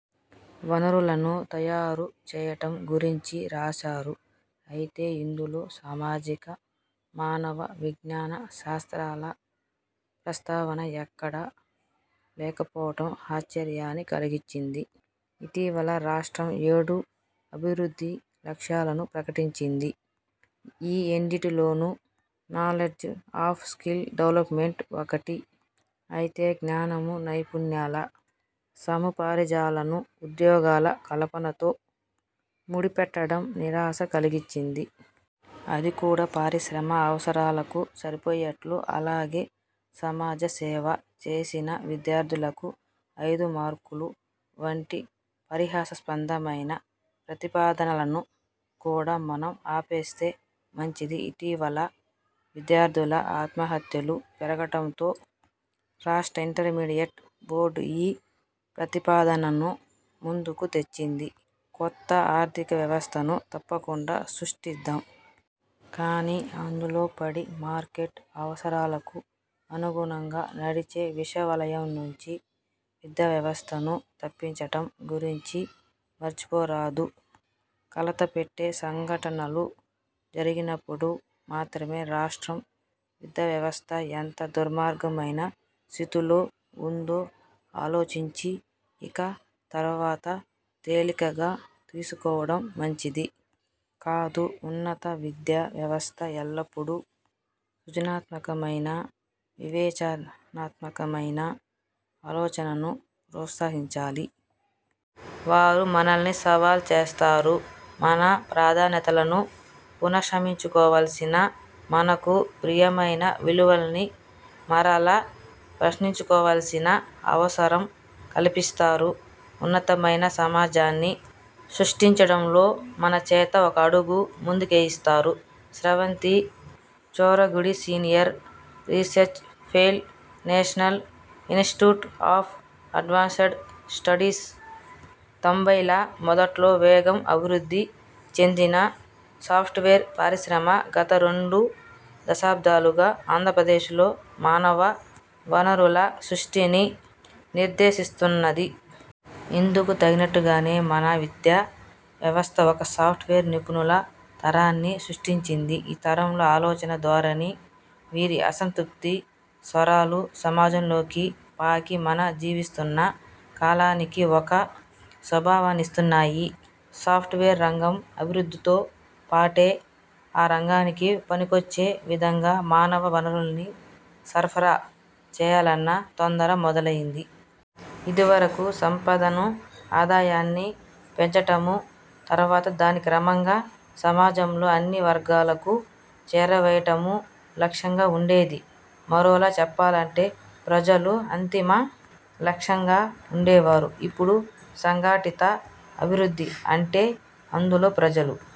వనరులను తయారు చేయటం గురించి రాశారు. అయితే ఇందులో సామాజిక, మానవ విజ్ఞాన శాస్త్రాల ప్రస్తావన ఎక్కడా లేకపోవటం ఆశ్చర్యాన్ని కలిగించింది. ఇటీవల రాష్ట్రం ఏడు అభివృద్ధి లక్ష్యాలను ప్రకటించింది. ఈ ఏడింటిలోనూ 'నాలెడ్జ్ అఫ్ స్కిల్ డెవలెప్మెంట్' ఒకటి. అయితే జ్ఞానమూ, నైపుణ్యాల సముపార్జనలను ఉద్యోగాల కల్పనతో ముడిపెట్టడం నిరాశను కలిగించింది. అదికూడా, పరిశ్రమ అవసరాలకు సరిపోయేట్టు. అలాగే, ''సమాజ సేవ చేసిన విద్యార్థులకు ఐదు మార్కులు'' వంటి పరిహాసాస్పదమైన ప్రతిపాదనలను కూడా మనం ఆపేస్తే మంచిది. ఇటీవల విద్యార్థుల ఆత్మహత్యలు పెరగటంతో రాష్ట్ర ఇంటర్మీడియట్ బోర్డు ఈ ప్రతిపాదనను ముందుకు తెచ్చింది. కొత్త ఆర్థిక వ్యవస్థను తప్పకుండా సృష్టిద్దాం. కానీ అందులోపడి మార్కెట్ అవసరాలకు అనుగుణంగా నడిచే విషవలయంనుంచి విద్యావ్యవస్థను తప్పించటం గురించి మర్చిపోరాదు. కలతపెట్టే సంఘటనలు జరిగినప్పుడు మాత్రమే రాష్ట్ర విద్యావ్యవస్థ ఎంత దుర్మార్గమైన స్థితిలో ఉందో ఆలోచించి, ఇక తర్వాత తేలికగా తీసుకోవడం మంచిది కాదు. ఉన్నత విద్యా వ్యవస్థ ఎల్లప్పుడూ సృజనాత్మకమైన, వివేచనాత్మకమైన ఆలోచనను ప్రోత్సహించాలి. వారు మనల్ని సవాల్ చేస్తారు. మన ప్రాధాన్యతలను పునస్సమీక్షించుకోవాల్సిన, మనకు ప్రియమైన విలువల్ని మరలా ప్రశ్నించుకోవాల్సిన అవసరం కల్పిస్తారు. ఉన్నతమైన సమాజాన్ని సృష్టించడంలో మన చేత ఒక అడుగు ముందుకేయిస్తారు. Sravanti Choragudi senior research fellow, national institute of advanced studies తొంభైల మొదట్లో వేగంగా అభివృద్ధి చెందిన సాఫ్ట్వేర్ పరిశ్రమ గత రెండు దశాబ్దాలుగా ఆంధ్రప్రదేశ్లో మానవ వనరుల సృష్టిని నిర్దేశిస్తున్నది. ఇందుకు తగినట్టుగానే మన విద్యా వ్యవస్థ ఒక సాఫ్ట్వేర్ నిపుణుల తరాన్ని సృష్టించింది. ఈ తరం ఆలోచనా ధోరణి, వీరి అసంతృప్త స్వరాలూ సమాజంలోకి పాకి మనం జీవిస్తోన్న కాలానికి ఒక స్వభావాన్నిస్తున్నాయి. సాఫ్ట్వేర్ రంగం అభివృద్ధితో పాటే, ఆ రంగానికి పనికొచ్చే విధంగా మానవ వనరుల్ని సరఫరా చేయాలన్న తొందర మొదలైంది. ఇదివరకు సంపదనూ ఆదాయాన్నీ పెంచటమూ, తర్వాత దాన్ని క్రమంగా సమాజంలో అన్ని వర్గాలకు చేరవేయటమూ లక్ష్యంగా ఉండేది. మరోలా చెప్పాలంటే, ప్రజలు అంతిమ లక్ష్యంగా ఉండేవారు. ఇప్పుడు సంఘటిత అభివృద్ధి అంటే అందులో ప్రజలు